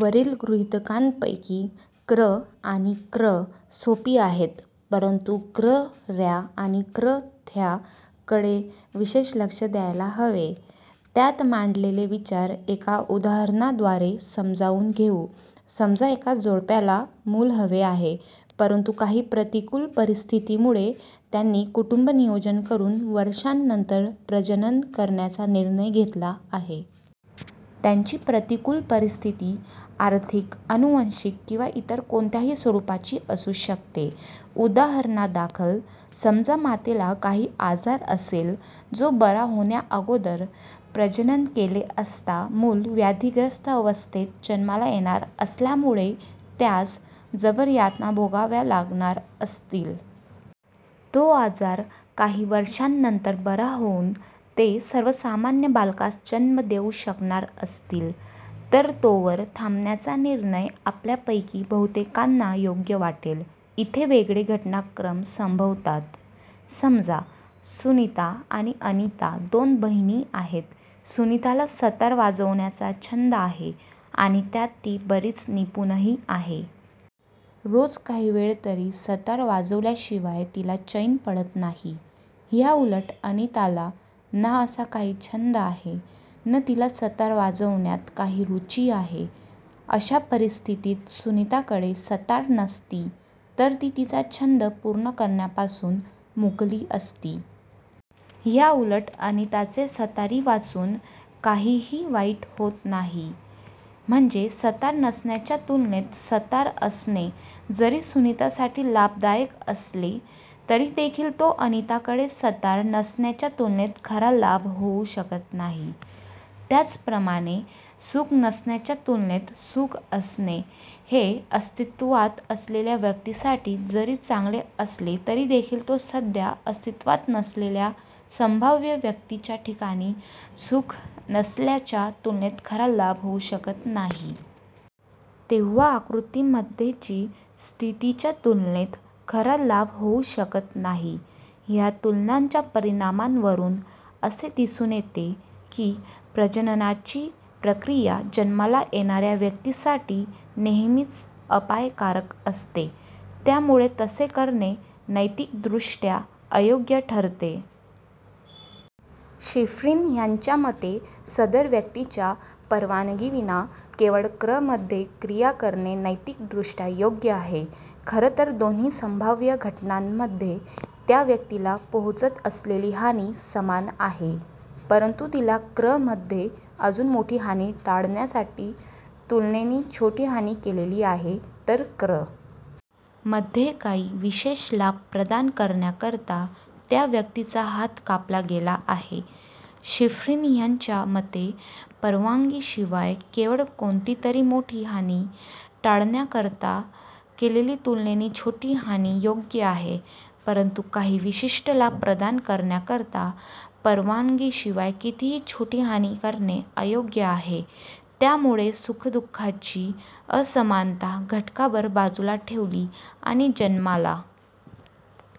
वरील गृहीतकांपैकी क्र. आणि क्र. सोपी आहेत परंतु क्र. ऱ्या आणि क्र. थ्या कडे विशेष लक्ष द्यायला हवे. त्यात मांडलेले विचार एका उदाहरणा द्वारे समजावून घेऊ. समजा एका जोडप्याला मुल हवे आहे, परंतु काही प्रतिकूल परिस्थितीमुळे त्यांनी कुटुंबनियोजन करून वर्षांनंतर प्रजनन करण्याचा निर्णय घेतला आहे. त्यांची प्रतिकुल परिस्थिती आर्थिक, अनुवंशिक किंवा इतर कोणत्याही स्वरूपाची असू शकते. उदाहरणा दाखल समजा मातेला काही आजार असेल जो बरा होण्या अगोदर प्रजनन केले असता मुल व्याधिग्रस्त अवस्थेत जन्माला येणार असल्यामुळे त्यास जबर यातना भोगाव्या लागणार असतील. तो आजार काही वर्षांनंतर बरा होऊन ते सर्वसामान्य बालकास जन्म देऊ शकणार असतील, तर तोवर थांबण्याचा निर्णय आपल्यापैकी बहुतेकांना योग्य वाटेल. इथे वेगळे घटनाक्रम संभवतात -समजा सुनीता आणि अनिता दोन बहिणी आहेत. सुनीताला सतार वाजवण्याच्या छंद आहे आणि त्यात ती बरीच निपुणही आहे. रोज काही वेळ तरी सतार वाजवल्या शिवाय तिला चैन पडत नाही. ह्या उलट अनिताला ना असा काही छंद आहे न तिला सतार वाजवण्यात काही रुची आहे. अश्या परिस्थितीत सुनिताकडे सतार नसती तर ती तिचा छंद पूर्ण कारण्यापासून मुकली असती. ह्या उलट अनिताचे सतारी वाचून काहीही वाईट होत नाही. म्हणजे सतार नसण्याच्या तुलनेत सतार असणे जरी सुनीतासाठी लाभदायक असले तरी देखील तो अनिताकडे सतार नसण्याच्या तुलनेत खरा लाभ होऊ शकत नाही. त्याच प्रमाणे सुख नसण्याच्या तुलनेत सुख असणे हे अस्तित्वात असलेल्या व्यक्तीसाठी जरी चांगले असले तरी देखील तो सध्या अस्तित्वात नसलेल्या संभाव्य व्यक्तीच्या ठिकाणी सुख नसल्याच्या तुलनेत खरा लाभ होऊ शकत नाही. तेंव्हा आकृती मध्ये ची स्थिती च्या तुलनेत खरा लाभ होऊ शकत नाही. ह्या तुलनांच्या परिणामांवरून असे दिसून येते की प्रजननाची प्रक्रिया जन्माला येणाऱ्या व्यक्तीसाठी नेहेमीच अपायकारक असते. त्यामुळे तसे करणे नैतिक दृष्ट्या अयोग्य ठरते. शिफ्रीन ह्यांच्या मते सदर व्यक्तीच्या परवानगीविना केवळ क्र. मध्ये क्रिया करणे नैतिक दृष्ट्या योग्य आहे. खरं तर दोन्ही संभाव्य घटनांमध्ये त्या व्यक्तीला पोहोचत असलेली हानी समान आहे. परंतु तिला क्र. मध्ये अजून मोठी हानी टाळण्यासाठी तुलनेनी छोटी हानी केलेली आहे तर क्र. मध्ये काही विशेष लाभ प्रदान करण्याकरता त्या व्यक्तीचा हात कापला गेला आहे. शिफ्रीन ह्यांच्या मते परवानगीशिवाय केवळ कोणतीतरी मोठी हानी टाळण्याकरता केलेली तुलनेनी छोटी हानी योग्य आहे परंतु काही विशिष्ट लाभ प्रदान करण्याकरता परवानगीशिवाय कितीही छोटी हानी करणे अयोग्य आहे. त्यामुळे सुख-दुःखाची असमानता घटकाभर बाजूला ठेवली आणि जन्माला